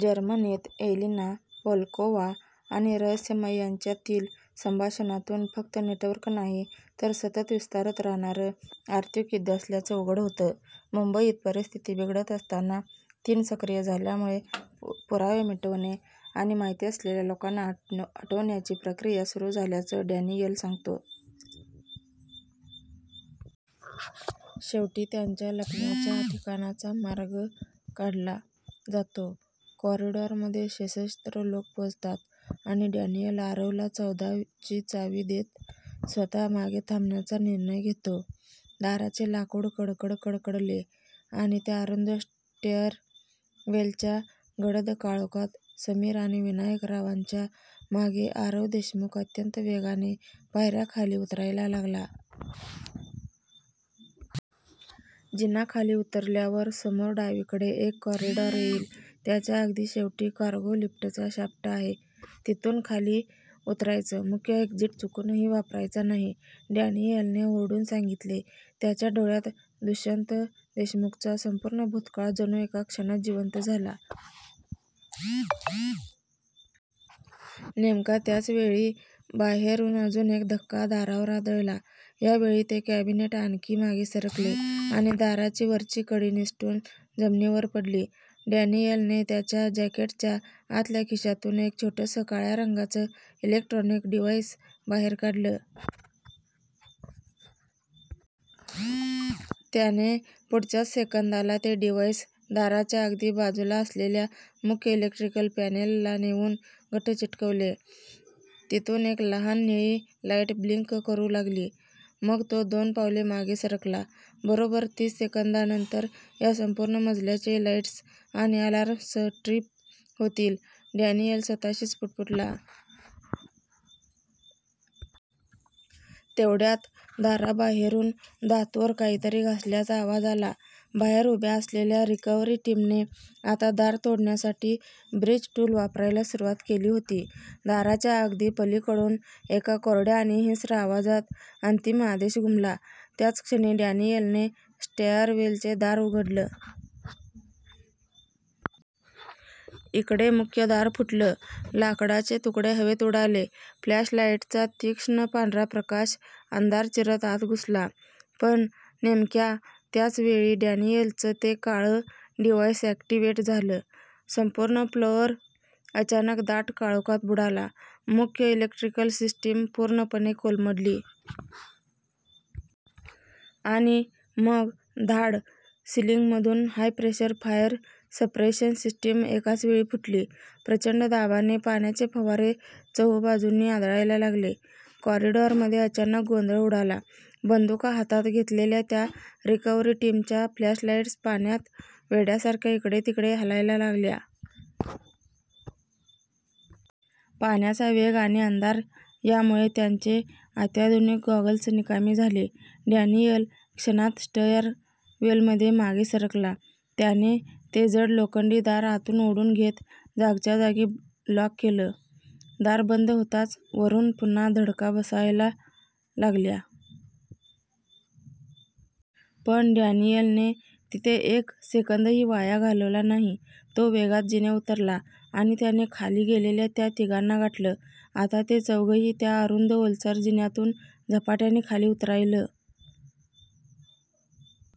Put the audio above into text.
जर्मनीत Elina Volkova आणि रहस्यमय यांच्यातील संभाषणातून फक्त नेटवर्क नाही. तर सतत विस्तारत राहणारं आर्थिक युद्ध असल्याचं उघड होतं. मुंबईत परिस्थिती बिघडत असताना "तीन " सक्रिय झाल्यामुळे पुरावे मिटवणे आणि माहिती असलेल्या लोकांना हटवण्याची प्रक्रिया सुरू झाल्याचं डॅनियल सांगतो. शेवटी त्यांच्या लपण्याच्या ठिकाणाचा माग काढला जातो, कॉरिडॉरमध्ये सशस्त्र लोक पोहोचतात, आणि डॅनियल आरवला चौदा ची चावी देत स्वतः मागे थांबण्याचा निर्णय घेतो. दाराचे लाकूड कडकड कडकडले, आणि त्या अरुंद स्टॅअरवेलच्या गडद काळोखात, समीर आणि विनायकरावांच्या मागे आरव देशमुख अत्यंत वेगाने पायऱ्या खाली उतरायला लागला. " जिना खाली उतरल्यावर समोर डावीकडे एक कॉरिडॉर येईल. त्याच्या अगदी शेवटी कार्गो लिफ्टचा शाफ्ट आहे. तिथून खाली उतरायचं. मुख्य एक्झिट चुकूनही वापरायचा नाही. " डॅनियलने ओरडून सांगितले. त्याच्या डोळ्यांत दुष्यंत देशमुखचा संपूर्ण भूतकाळ जणू एका क्षणात जिवंत झाला. नेमका त्याच वेळी बाहेरून अजून एक धक्का दारावर आदळला. या वेळी ते कॅबिनेट आणखी मागे सरकले आणि दाराची वरची कडी निसटून जमिनीवर पडली. डॅनियलने त्याच्या जॅकेटच्या आतल्या खिशातून एक छोटंसं, काळ्या रंगाचं इलेक्ट्रॉनिक डिव्हाइस बाहेर काढलं. त्याने पुढच्याच सेकंदाला ते डिव्हाइस दाराच्या अगदी बाजूला असलेल्या मुख्य इलेक्ट्रिकल पॅनेलला नेऊन घट्ट चिकटवले. तिथून एक लहान निळी लाईट ब्लिंक करू लागली. मग तो दोन पावले मागे सरकला. "बरोबर तीस सेकंदांनंतर या संपूर्ण मजल्याचे लाईट्स आणि अलार्म्स ट्रिप होतील," डॅनियल स्वतःशीच पुटपुटला. तेवढ्यात दाराबाहेरून धातूवर काहीतरी घासल्याचा आवाज आला. बाहेर उभ्या असलेल्या रिकव्हरी टीमने आता दार तोडण्यासाठी 'ब्रीच टूल' वापरायला सुरुवात केली होती. दाराच्या अगदी पलीकडून एका कोरड्या आणि हिंस्त्र आवाजात अंतिम आदेश घुमला," त्याच क्षणी डॅनियलने स्टॅअरवेलचं दार उघडलं. इकडे मुख्य दार फुटलं. लाकडाचे तुकडे हवेत उडाले. फ्लॅशलाईट्सचा तीक्ष्ण पांढरा प्रकाश अंधार चिरत आत घुसला. पण नेमक्या त्याच वेळी डॅनियलचं ते काळं डिव्हाइस अॅक्टिव्हेट झालं. संपूर्ण फ्लोअर अचानक दाट काळोखात बुडाला. मुख्य इलेक्ट्रिकल सिस्टीम पूर्णपणे कोलमडली. आणि मग धाऽऽड! सीलिंगमधून हाय-प्रेशर फायर सप्रेशन सिस्टीम एकाच वेळी फुटली. प्रचंड दाबाने पाण्याचे फवारे चहुबाजूंनी आदळायला लागले. कॉरिडॉरमध्ये अचानक गोंधळ उडाला. बंदुका हातांत घेतलेल्या त्या रिकव्हरी टीमच्या फ्लॅशलाईट्स पाण्यात वेड्यासारख्या इकडेतिकडे हलायला लागल्या. पाण्याचा वेग आणि अंधार यामुळे त्यांचे अत्याधुनिक गॉगल्स निकामी झाले. डॅनियल क्षणात स्टॅअरवेलमध्ये मागे सरकला. त्याने ते जड लोखंडी दार आतून ओढून घेत जागच्या जागी लॉक केलं. दार बंद होताच वरून पुन्हा धडका बसायला लागल्या. पण डॅनियलने तिथे एक सेकंदही वाया घालवला नाही. तो वेगात जिने उतरला आणि त्याने खाली गेलेल्या त्या तिघांना गाठलं. आता ते चौघंही त्या अरुंद, ओलसर जिन्यातून झपाट्याने खाली उतरायल